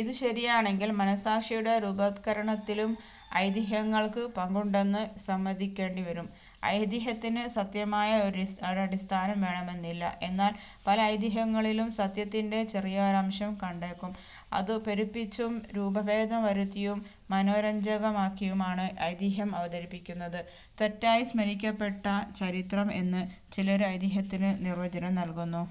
ഇതു ശരിയാണെങ്കിൽ മനസാക്ഷിയുടെ രൂപവത്കരണത്തിലും ഐതിഹ്യങ്ങൾക്ക് പങ്കുണ്ടെന്നു സമ്മതിക്കേണ്ടി വരും. ഐതിഹ്യത്തിന് സത്യമായ ഒരടിസ്ഥാനം വേണമെന്നില്ല; എന്നാൽ പല ഐതിഹ്യങ്ങളിലും സത്യത്തിന്റെ ചെറിയൊരംശം കണ്ടേക്കും. അതു പെരുപ്പിച്ചും രൂപഭേദം വരുത്തിയും മനോരഞ്ചകമാക്കിയുമാണ് ഐതിഹ്യം അവതരിപ്പിക്കുന്നത്, തെറ്റായി സ്മരിക്കപ്പെട്ട ചരിത്രം എന്ന് ചിലര് ഐതിഹ്യത്തിനു നിർവചനം നൽകുന്നു.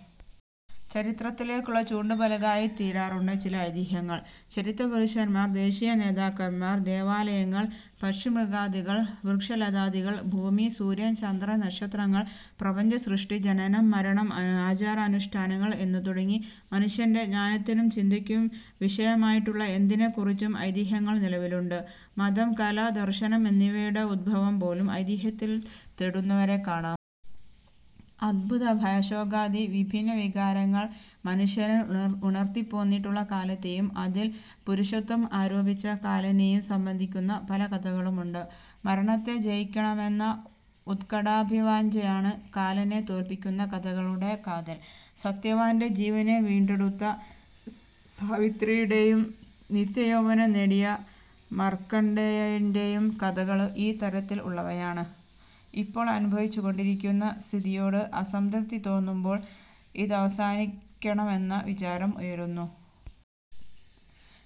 ചരിത്രത്തിലേക്കുള്ള ചൂണ്ടുപലകയായിത്തീരാറുണ്ട് ചില ഐതിഹ്യങ്ങൾ. ചരിത്രപുരുഷന്മാർ, ദേശീയ നേതാക്കന്മാർ, ദേവാലയങ്ങൾ, പക്ഷിമൃഗാദികൾ, വൃക്ഷലതാദികൾ, ഭൂമി, സൂര്യൻ, ചന്ദ്രൻ, നക്ഷത്രങ്ങൾ, പ്രപഞ്ചസൃഷ്ടി, ജനനം, മരണം, ആചാരാനുഷ്ഠാനങ്ങൾ എന്നു തുടങ്ങി മനുഷ്യന്റെ ജ്ഞാനത്തിനും ചിന്തയ്ക്കും വിഷയമായിട്ടുള്ള എന്തിനെക്കുറിച്ചും ഐതിഹ്യങ്ങൾ നിലവിലുണ്ട്. മതം, കല, ദർശനം എന്നിവയുടെ ഉദ്ഭവംപോലും ഐതിഹ്യത്തിൽ തേടുന്നവരെ കാണാം. അത്ഭുതഭയശോകാദി വിഭിന്ന വികാരങ്ങൾ മനുഷ്യനിൽ ഉണർത്തിപ്പോന്നിട്ടുള്ള കാലത്തെയും അതിൽ പുരുഷത്വം ആരോപിച്ച കാലനേയും സംബന്ധിക്കുന്ന പല കഥകളും ഉണ്ട്. മരണത്തെ ജയിക്കണമെന്ന ഉത്ക്കടാഭിവാഞ്ചയാണ് കാലനെ തോല്പിക്കുന്ന കഥകളുടെ കാതൽ. സത്യവാന്റെ ജീവനെ വീണ്ടെടുത്ത സാവിത്രിയുടെയും നിത്യയൗവനം നേടിയ മാർക്കണ്ഡേയന്റെയും കഥകള് ഈ തരത്തിൽ ഉള്ളവയാണ്. ഇപ്പോൾ അനുഭവിച്ചു കൊണ്ടിരിക്കുന്ന സ്ഥിതിയോട് അസംതൃപ്തി തോന്നുമ്പോൾ ഇതവസാനിക്കണമെന്ന വിചാരം ഉയരുന്നു.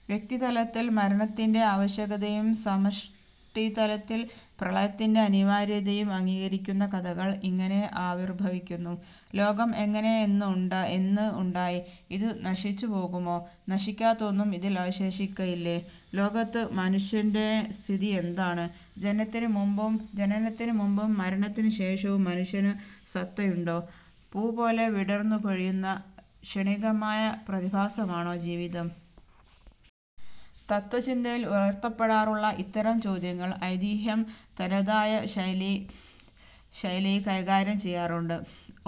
വ്യക്തിതലത്തിൽ മരണത്തിന്റെ ആവശ്യകതയും സമഷ്ടിതലത്തിൽ പ്രളയത്തിന്റെ അനിവാര്യതയും അംഗീകരിക്കുന്ന കഥകൾ ഇങ്ങനെ ആവിർഭവിക്കുന്നു. ലോകം എങ്ങനെ, എന്ന് എന്ന്, ഉണ്ടായി? ഇതു നശിച്ചുപോകുമോ? നശിക്കാത്ത ഒന്നും ഇതിൽ അവശേഷിക്കയില്ലേ? ലോകത്ത് മനുഷ്യന്റെ സ്ഥിതിയെന്താണ്? ജനനത്തിനു മുമ്പും മരണത്തിനു ശേഷവും മനുഷ്യനു സത്തയുണ്ടോ? പൂപോലെ വിടർന്നു കൊഴിയുന്ന ക്ഷണികമായ പ്രതിഭാസമാണോ ജീവിതം? തത്ത്വചിന്തയിൽ ഉയർത്തപ്പെടാറുള്ള ഇത്തരം ചോദ്യങ്ങൾ ഐതിഹ്യം തനതായ ശൈലിയി കൈകാര്യം ചെയ്യാറുണ്ട്.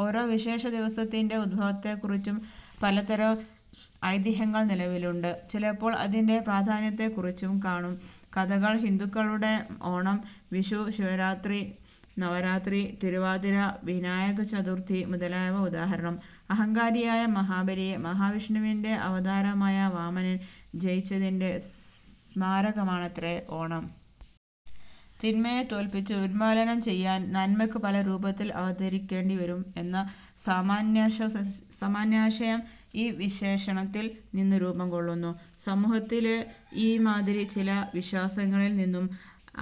ഓരോ വിശേഷ ദിവസത്തിന്റെ ഉദ്ഭവത്തെക്കുറിച്ചും പലതരം ഐതിഹ്യങ്ങൾ നിലവിലുണ്ട്. ചിലപ്പോൾ അതിന്റെ പ്രാധാന്യത്തെക്കുറിച്ചും കാണും കഥകൾ. ഹിന്ദുക്കളുടെ ഓണം, വിഷു, ശിവരാത്രി, നവരാത്രി, തിരുവാതിര, വിനായകചതുർത്ഥി മുതലായവ ഉദാഹരണം. അഹങ്കാരിയായ മഹാബലിയെ മഹാവിഷ്ണുവിന്റെ അവതാരമായ വാമനൻ ജയിച്ചതിന്റെ സ്മാരകമാണത്രേ ഓണം. തിന്മയെ തോല്പിച്ച് ഉന്മൂലനം ചെയ്യാൻ നന്മയ്ക്ക് പല രൂപത്തിൽ അവതരിക്കേണ്ടിവരും എന്ന സാമാന്യാശയം ഈ വിശേഷണത്തിൽ നിന്ന് രൂപം കൊള്ളുന്നു. സമൂഹത്തിലെ ഈ മാതിരി ചില വിശ്വാസങ്ങളിൽ നിന്നും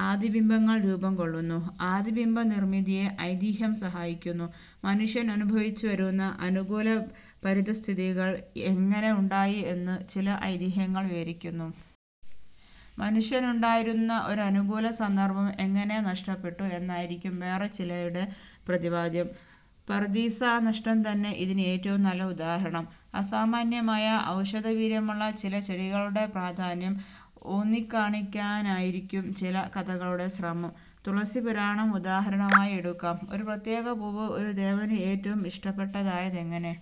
ആദിബിംബങ്ങൾ രൂപം കൊള്ളുന്നു; ആദിബിംബനിർമിതിയെ ഐതിഹ്യം സഹായിക്കുന്നു. മനുഷ്യൻ അനുഭവിച്ചുവരുന്ന അനുകൂല പരിതഃസ്ഥികൾ എങ്ങനെ ഉണ്ടായി എന്നു ചില ഐതിഹ്യങ്ങൾ വിവരിക്കുന്നു. മനുഷ്യനുണ്ടായിരുന്ന ഒരനുകൂല സന്ദർഭം എങ്ങനെ നഷ്ടപ്പെട്ടു എന്നായിരിക്കും വേറെ ചിലവയുടെ പ്രതിപാദ്യം. പറുദീസാനഷ്ടം തന്നെ ഇതിന് ഏറ്റവും നല്ല ഉദാഹരണം. അസാമാന്യമായ ഔഷധവീര്യമുള്ള ചില ചെടികളുടെ പ്രാധാന്യം ഊന്നിക്കാണിക്കാനായിരിക്കും ചില കഥകളുടെ ശ്രമം. തുളസിപുരാണം ഉദാഹരണമായി എടുക്കാം. ഒരു പ്രത്യേക പൂവ് ഒരു ദേവന് ഏറ്റവും ഇഷ്ടപ്പെട്ടതായതെങ്ങനെ?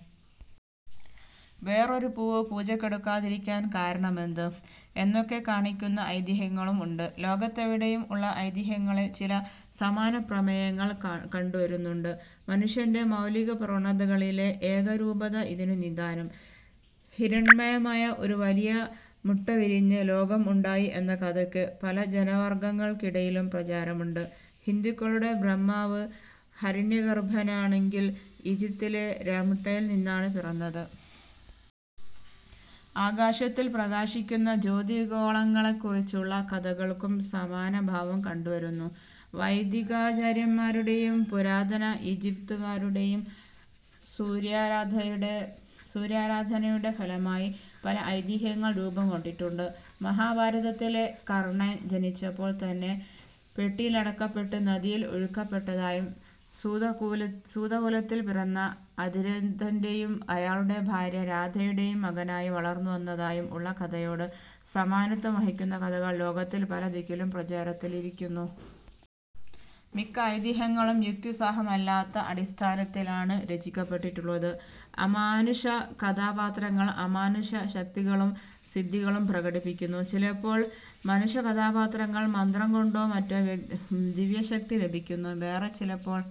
വേറൊരു പൂവ് പൂജക്കെടുക്കാതിരിക്കാൻ കാരണമെന്ത്? എന്നൊക്കെ കാണിക്കുന്ന ഐതിഹ്യങ്ങളും ഉണ്ട്. ലോകത്തെവിടെയും ഉള്ള ഐതിഹ്യങ്ങളിൽ ചില സമാനപ്രമേയങ്ങൾ കണ്ടുവരുന്നുണ്ട്. മനുഷ്യന്റെ മൗലിക പ്രവണതകളിലെ ഏകരൂപത ഇതിനു നിദാനം. ഹിരണ്മയമായ ഒരു വലിയ മുട്ടവിരിഞ്ഞ് ലോകം ഉണ്ടായി എന്ന കഥയ്ക്ക് പല ജനവർഗ്ഗങ്ങൾക്കിടയിലും പ്രചാരമുണ്ട്. ഹിന്ദുക്കളുടെ ബ്രഹ്മാവ് ഹിരണ്യഗർഭനാണെങ്കിൽ ഈജിപ്റ്റിലെ രാ മുട്ടയിൽ നിന്നാണ് പിറന്നത്. ആകാശത്തിൽ പ്രകാശിക്കുന്ന ജ്യോതിർഗോളങ്ങളെക്കുറിച്ചുള്ള കഥകൾക്കും സമാനഭാവം കണ്ടുവരുന്നു. വൈദികാചാര്യന്മാരുടെയും പുരാതന ഈജിപ്തുകാരുടെയും സൂര്യാരാധനയുടെ ഫലമായി പല ഐതിഹ്യങ്ങൾ രൂപംകൊണ്ടിട്ടുണ്ട്. മഹാഭാരതത്തിലെ കർണൻ ജനിച്ചപ്പോൾ തന്നെ പെട്ടിയിലടക്കപ്പെട്ട് നദിയിൽ ഒഴുക്കപ്പെട്ടതായും സൂതകുലത്തിൽ പിറന്ന അതിരഥന്റെയും അയാളുടെ ഭാര്യ രാധയുടെയും മകനായി വളർന്നുവന്നതായും ഉള്ള കഥയോട് സമാനത്വം വഹിക്കുന്ന കഥകൾ ലോകത്തിൽ പല ദിക്കിലും പ്രചാരത്തിലിരിക്കുന്നു. മിക്ക ഐതിഹ്യങ്ങളും യുക്തിസഹമല്ലാത്ത അടിസ്ഥാനത്തിലാണ് രചിക്കപ്പെട്ടിട്ടുള്ളത്; അമാനുഷ കഥാപാത്രങ്ങൾ അമാനുഷ ശക്തികളും സിദ്ധികളും പ്രകടിപ്പിക്കുന്നു. ചിലപ്പോൾ മനുഷ കഥാപാത്രങ്ങൾക്ക് മന്ത്രംകൊണ്ടോ മറ്റോ ദിവ്യശക്തി ലഭിക്കുന്നു. വേറേ ചിലപ്പോൾ